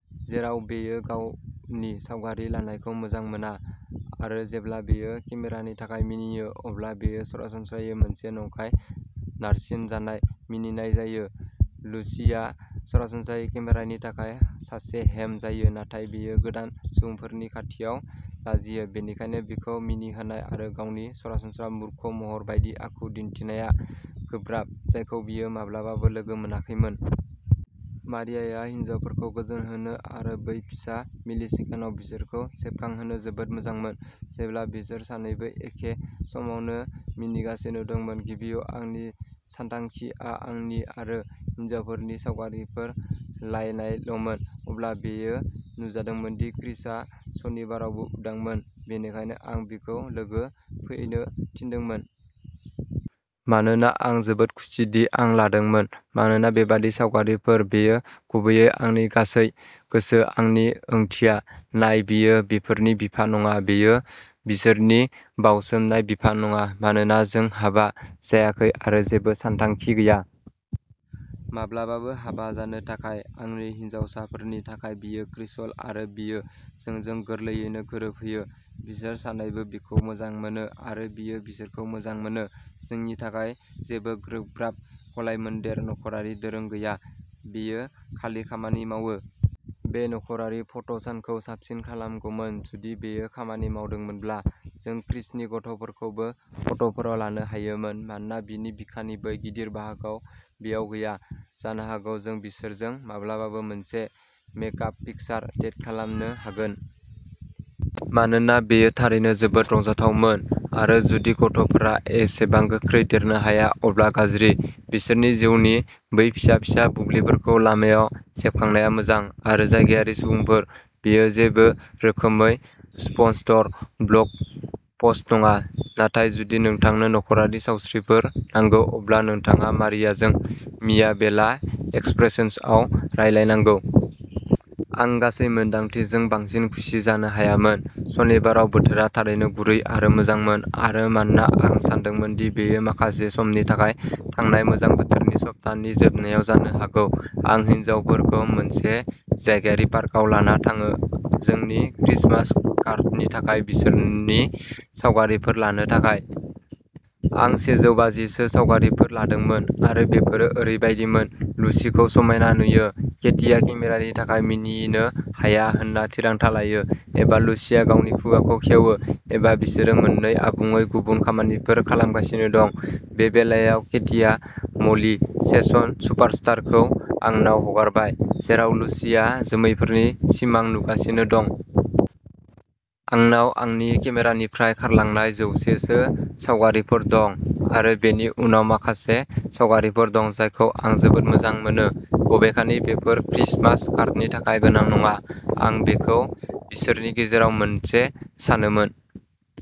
जेराव बियो गावनि सावगारि लानायखौ मोजां मोना, आरो जेब्ला बियो केमेरानि थाखाय मिनियो, अब्ला बेयो सरासनस्रायै मोनसे नंखाय नारसिनजानाय मिनिनाय जायो। लुसिआ सरासनस्रायै केमेरानि थाखाय सासे हेम जायो, नाथाय बियो गोदान सुबुंफोरनि खाथियाव लाजियो, बेनिखायनो बिखौ मिनिहोनाय आरो गावनि सरासनस्रा मूर्ख महर बायदि आखु दिन्थिनाया गोब्राब, जायखौ बियो माब्लाबाबो लोगो मोनाखैमोन। मारियाया हिनजावफोरखौ गोजोन होनो आरो बै फिसा मिलिसेकेन्डआव बिसोरखौ सेबखांहोनो जोबोद मोजांमोन, जेब्ला बिसोर सानैबो एखे समावनो मिनिगासिनो दंमोन। गिबियाव, आंनि सानथांखिआ आंनि आरो हिनजावफोरनि सावगारिफोर लायनायल'मोन। अब्ला बेयो नुजादोंमोन दि क्रिसआ सनिबारावबो उदांमोन, बेनिखायनो आं बिखौ लोगो फैनो थिनदोंमोन। आरो आं जोबोद खुसिदि आं लादोंमोन, मानोना बेबादि सावगारिफोर? बेयो गुबैयै आंनि गासै गोसो। आंनि ओंथिया, नाय, बियो बिसोरनि बिफा नङा। बियो बिसोरनि बावसोमनाय बिफा नङा, मानोना जों हाबा जायाखै आरो जेबो सानथांखि गैया। माब्लाबाबो हाबा जानो थाखाय। आंनि हिनजावसाफोरनि थाखाय, बियो क्रिसल आरो बियो जोंजों गोरलैयैनो गोरोबहैयो। बिसोर सानैबो बिखौ मोजां मोनो, आरो बियो बिसोरखौ मोजां मोनो। जोंनि थाखाय जेबो गोब्राब गलायमोन्देर नख'रारि दोरों गैया, बेयो खालि खामानि मावो। बे नख'रारि फट' सानखौ साबसिन खालामगौमोन जुदि बेयो खामानि मावदोंमोनब्ला जों क्रिसनि गथ'फोरखौबो फट'फोराव लानो हायोमोन। मानोना बिनि बिखानि बै गिदिर बाहागोआ बेयाव गैया। जानो हागौ जों बिसोरजों माब्लाबा मोनसे मेक आप पिकचार डेट खालामनो हागोन। मानोना बेयो थारैनो जोबोद रंजाथावमोन, आरो जुदि गथ'फोरा एसेबां गोख्रै देरनो हाया अब्ला गाज्रि। बिसोरनि जिउनि बै फिसा-फिसा बुब्लिफोरखौ लामायाव सेबखांनाया मोजां। आरो जायगायारि सुबुंफोर, बेयो जेबो रोखोमै स्पन्सर्ड ब्लग पस्ट नङा, नाथाय जुदि नोंथांनो नख'रारि सावगारिफोर नांगौ, अब्ला नोंथाङा मारियाजों मिया बेला एक्सप्रेसन्सआव रायज्लायनांगौ। आं गासै मोन्दांथिजों बांसिन खुसि जानो हायामोन। सनिबाराव, बोथोरा थारैनो गुरै आरो मोजांमोन, आरो मानोना आं सानदोंमोन दि बेयो माखासे समनि थाखाय थांनाय मोजां बोथोरनि सप्तानि जोबनायाव जानो हागौ, आं हिनजावफोरखौ मोनसे जायगायारि पार्कआव लाना थाङो जोंनि क्रिसमास कार्डनि थाखाय बिसोरनि सावगारिफोर लानो थाखाय। आं सेजौबाजि सो सावगारिफोर लादोंमोन, आरो बेफोरो ओरैबायदिमोन। लुसीखौ समायना नुयो, केटीआ केमेरानि थाखाय मिनिनो हाया होनना थिरांथा लायो। एबा लुसीया गावनि खुगाखौ खेवो। एबा, बिसोरो मोननै आबुङै गुबुन खामानिफोर खालामगासिनो दं। बे बेलायाव, केटीआ म'ली शेनन सुपारस्टारखौ आंनाव हगारबाय, जेराव लुसीआ जोमैफोरनि सिमां नुगासिनो दं। आंनाव आंनि केमेरानिफ्राय खारलांनाय जौसे सो सावगारिफोर दं आरो बेनि उनाव माखासे सावगारिफोर दं जायखौ आं जोबोद मोजां मोनो, बबेखानि बेफोर क्रिसमास कार्डनि थाखाय गोनां नङा। आं बेखौ बिसोरनि गेजेराव मोनसे सानोमोन।